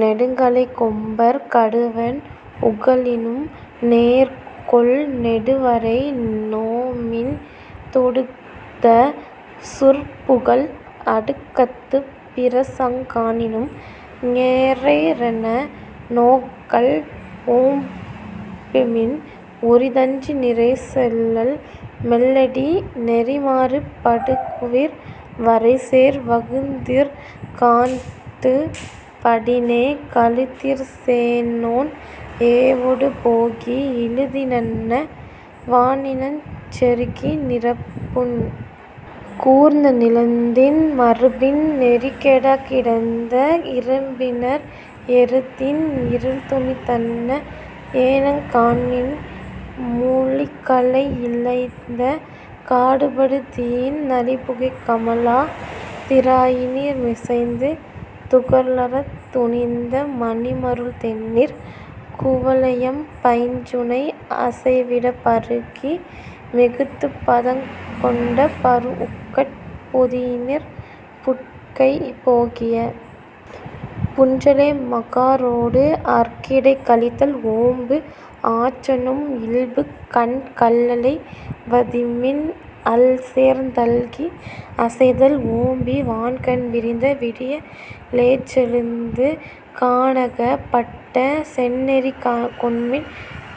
நெடுங்கழைக் கொம்பர்க் கடுவன் உகளினும் நேர்கொள் நெடுவரை நோமின் தொடுத்த சூர்புகல் அடுக்கத்துப் பிரசங் காணினும் ஞெரேரென நோக்கல் ஓம்புமின் உரித்தன்று நிரைசெலல் மெல்லடி நெறிமாறு படுகுவிர் வரைசேர் வகுந்திற் கானத்துப் படினே கழுதிற் சேணோன் ஏவொடு போகி இழுதி னன்ன வானிணஞ் செருக்கி நிறப்புண் கூர்ந்த நிலந்தின் மருப்பின் நெறிக்கெடக் கிடந்த இரும்பிணர் எருத்தின் இருள்துணிந் தன்ன ஏனங் காணின் முளிகழை இழைந்த காடுபடு தீயின் நளிபுகை கமழா திறாயினிர் மிசைந்து துகளறத் துணிந்த மணிமருள் தெண்ணீர் குவளையம் பைஞ்சுனை அசைவிடப் பருகி மிகுத்துப் பதங்கொண்ட பரூஉக்கட் பொதியினிர் புட்கை போகிய புன்றலை மகாரோடு அற்கிடை கழிதல் ஓம்பி ஆற்றநும் இல்புக் கன்ன கல்லளை வதிமின் அல்சேர்ந் தல்கி அசைதல் ஓம்பி வான்கண் விரிந்த விடிய லேற்றெழுந்து கானகப் பட்ட செந்நெறிக் கொண்மின்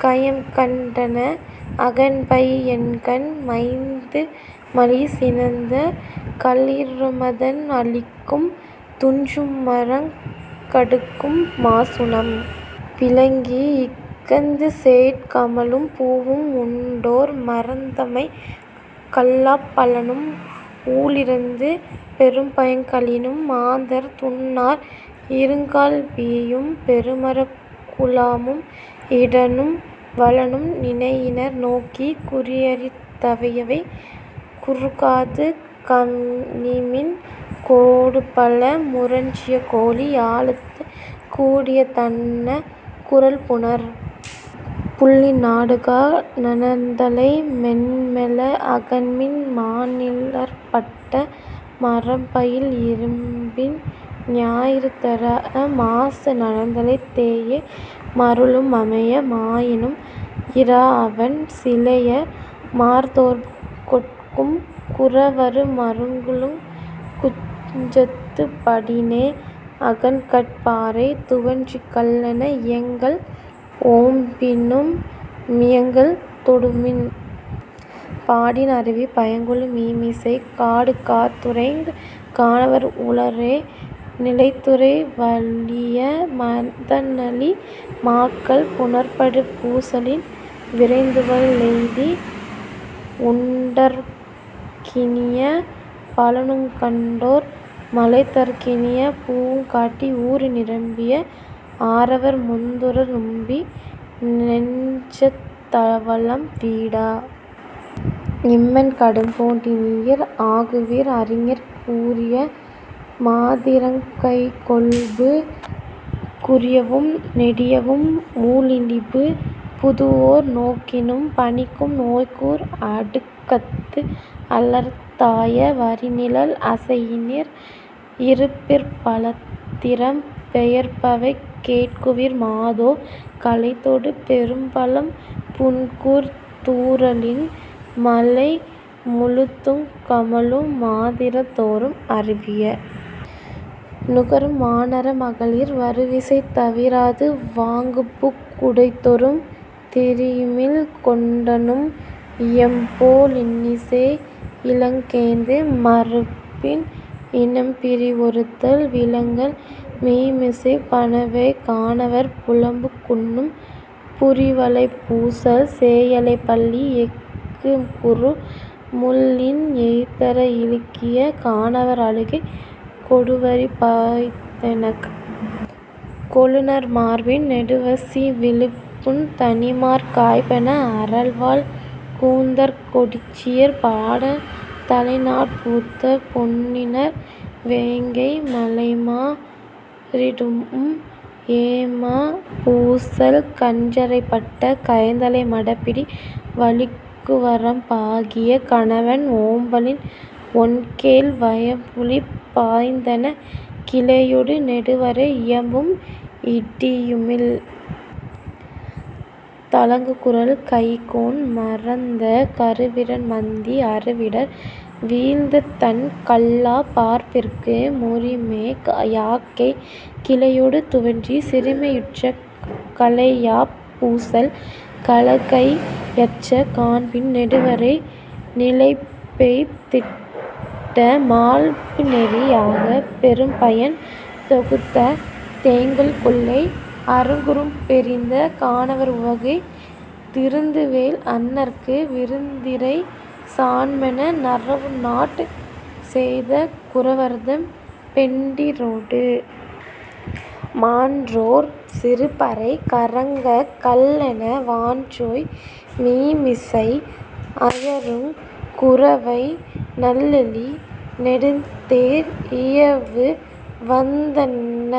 கயம்கண் டன்ன அகன்பை யங்கண் மைந்துமலி சினந்த களிறுமதன் அழிக்கும் துஞ்சுமரங் கடுக்கும் மாசுணம் விலங்கி இகந்துசேட் கமழும் பூவும் உண்டோ ர் மறந்தமை கல்லாப் பழனும் ஊழிறந்து பெரும்பயங் கழியினும் மாந்தர் துன்னார் இருங்கால் வீயும் பெருமரக் குழாமும் இடனும் வலனும் நினையினர் நோக்கிக் குறியறிக் தவையவை குறுகாது கழிமின் கோடுபல முரஞ்சிய கோளி யாலத்துக் கூடியத் தன்ன குரல்புணர் புள்ளின் நாடுகா ணனந்தலை மென்மெல அகன்மின் மாநிழற் பட்ட மரம்பயில் இறும்பின் ஞாயிறு தெறாஅ மாசு நனந்தலைத் தேஎ மருளும் அமைய மாயினும் இறாஅவன் சிலையர் மாதேர்பு கொட்கும் குறவரு மருளுங் குன்றத்துப் படினே அகன்கட் பாறை துவன்றிக் கல்லென இயங்கல் ஓம்பிநும் மியங்கள் தொடுமின் பாடின் அருவிப் பயங்கெழு மீமிசைக் காடுகாத் துறையுங் கானவர் உளரே நிலைத்துறை வழீஇய மதனழி மாக்கள் புனற்படு பூசலின் விரைந்துவல் லெய்தி உண்டற் கினிய பழனுங் கண்டோ ர் மலைதற் கினிய பூவுங் காட்டி ஊறு நிரம்பிய ஆறவர் முந்துற நும்மி னெஞ்சத் தவலம் வீட இம்மென் கடும்போ டினியிர் ஆகுவிர் அறிஞர் கூறிய மாதிரங் கைக்கொள்பு குறியவும் நெடியவும் ஊழிழிபு புதுவோர் நோக்கினும் பனிக்கும் நோய்கூர் அடுக்கத்து அலர்தாய வரிநிழல் அசையினிர் இருப்பிற் பலதிறம் பெயர்பவை கேட்குவிர் மாதோ கலைதொடு பெரும்பழம் புண்கூர்ந் தூறலின் மலைமுழுதுங் கமழு மாதிரந் தோறும் அருவிய நுகரும் வானர மகளிர் வருவிசை தவிராது வாங்குபு குடைதொறும் தெரியிமிழ் கொண்டநும் இயம்போ லின்னிசை இலங்கேந்து மருப்பின் இனம்பிரி ஒருத்தல் விலங்கல் மீமிசைப் பணவைக் கானவர் புலம்புக் குண்ணும் புரிவளைப் பூசல் சேயளைப் பள்ளி எஃகுறு முள்ளின் எய்தெற இழுக்கிய கானவர் அழுகை கொடுவரி பாய்ந்தெனக் கொழுநர் மார்பின் நெடுவசி விழுப்புண் தணிமார் காப்பென அறல்வாழ் கூந்தற் கொடிச்சியர் பாடல் தலைநாட் பூத்த பொன்னிணர் வேங்கை மலைமா ரிடூஉம் ஏமப் பூசல் கன்றரைப் பட்ட கயந்தலை மடப்பிடி வலிக்குவரம் பாகிய கணவன் ஓம்பலின் ஒண்கேழ் வயப்புலி பாய்ந்தெனக் கிளையொடு நெடுவரை இயம்பும் இடியுமிழ் தழங்குகுரல் கைக்கோண் மறந்த கருவிரன் மந்தி அருவிடர் வீழ்ந்ததன் கல்லாப் பார்ப்பிற்கு முறிமே யாக்கைக் கிளையொடு துவன்றிச் சிறுமை யுற்ற களையாப் பூசல் கலைகை யற்ற காண்பின் நெடுவரை நிலைபெய் திட்ட மால்புநெறி யாகப் பெரும்பயன் தொகுத்த தேங்கொள் கொள்ளை அருங்குறும் பெறிந்த கானவர் உவகை திருந்துவேல் அண்ணற்கு விருந்திறை சான்மென நறவுநாட் செய்த குறவர்தம் பெண்டிரொடு... மான்றோற் சிறுபறை கறங்கக் கல்லென வான்றோய் மீமிசை அயருங் குரவை நல்லெழி னெடுந்தேர் இயவுவந் தன்ன